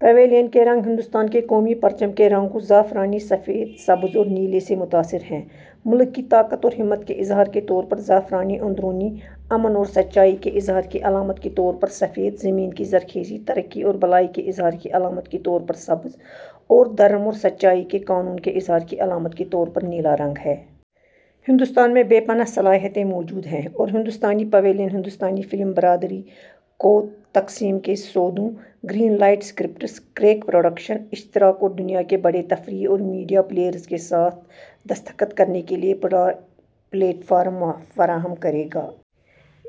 Pavilion کے رنگ ہندوستان کے قومی پرچم کے رنگوں زعفرانی، سفید، سبز اور نیلے سے متاثر ہیں۔ ملک کی طاقت اور ہمت کے اظہار کے طور پر زعفرانی، اندرونی امن اور سچائی کے اظہار کی علامت کے طور پر سفید، زمین کی زرخیزی، ترقی اور بھلائی کے اظہار کی علامت کے طور پر سبز، اور دھرم اور سچائی کے قانون کے اظہار کی علامت کے طور پر نیلا رنگ ہے۔ ہندوستان میں بے پناہ صلاحیتیں موجود ہیں اور ہندوستانی پویلین ہندوستانی فلم برادری کو تقسیم کے سودوں، green light scripts, crack production اشتراک اور دنیا کے بڑے تفریحی اور میڈیا پلیئرز کے ساتھ دستخط کرنے کے لیے پلیٹ فارم فراہم کرے گا۔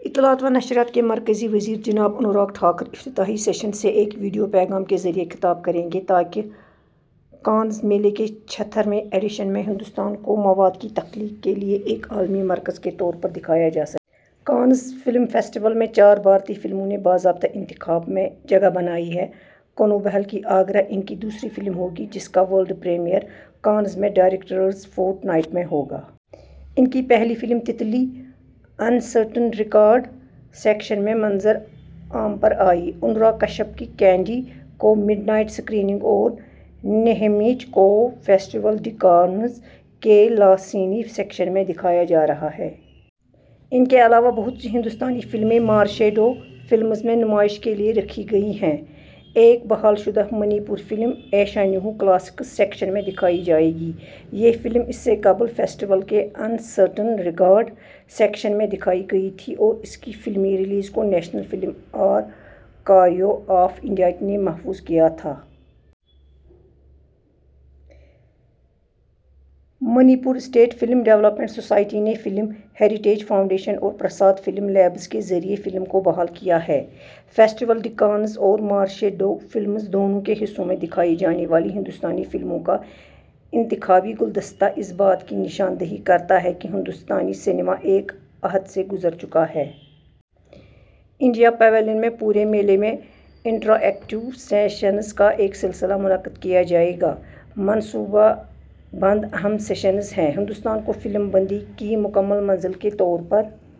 اطلاعات و نشریات کے مرکزی وزیر جناب انوراگ ٹھاکر افتتاحی سیشن سے ایک ویڈیو پیغام کے ذریعے خطاب کریں گے، تاکہ کانز میلے کے چھہتر ویں ایڈیشن میں ہندوستان کو مواد کی تخلیق کے لیے ایک عالمی مرکز کے طور پر دکھایا جا سکے۔ کانز فلم فیسٹیول میں چار بھارتی فلموں نے باضابطہ انتخاب میں جگہ بنائی ہے۔ کنو بہل کی ’آگرہ‘ ان کی دوسری فلم ہوگی جس کا ورلڈ پریمیئر کانز میں ڈائریکٹرز فورٹ نائٹ میں ہوگا۔ ان کی پہلی film ’Titli‘, ’Un Certain Regard‘ section میں منظر عام پر آئی۔ انوراگ کشیپ کی ’کینیڈی‘ کو مڈنائٹ اسکریننگ اور نیہیمچ کو فیسٹیول ڈی کانز کے لا سینیف سیکشن میں دکھایا جا رہا ہے۔ ان کے علاوہ بہت سی ہندوستانی فلمیں مارشے ڈو فلمز میں نمائش کے لیے رکھی گئی ہیں۔ ایک بحال شدہ منی پوری فلم ’ایشانہو‘، ’کلاسکس‘ سیکشن میں دکھائی جائے گی۔ یہ فلم اس سے قبل فیسٹیول کے ’اَن سرٹین ریگارڈ‘ سیکشن میں دکھائی گئی تھی اور اس کی فلمی ریلیز کو National Film Archive of India نے محفوظ کیا تھا۔ Manipur State Film Development Society نے فلم ہیریٹیج فاؤنڈیشن اور پرساد فلم لیبس کے ذریعے فلم کو بحال کیا ہے۔ فیسٹیول ڈی کانز اور مارشے ڈو فلمز دونوں کے حصوں میں دکھائی جانے والی ہندوستانی فلموں کا انتخابی گلدستہ اس بات کی نشان دہی کرتا ہے کہ ہندوستانی سنیما ایک عہد سے گزر چکا ہے۔ انڈیا پویلین میں پورے میلے میں انٹر ایکٹو سیشنز کا ایک سلسلہ منعقد کیا جائے گا۔ منصوبہ بند اہم سیشنز ہیں، ہندوستان کو فلم بندی کی مکمل منزل کے طور پر...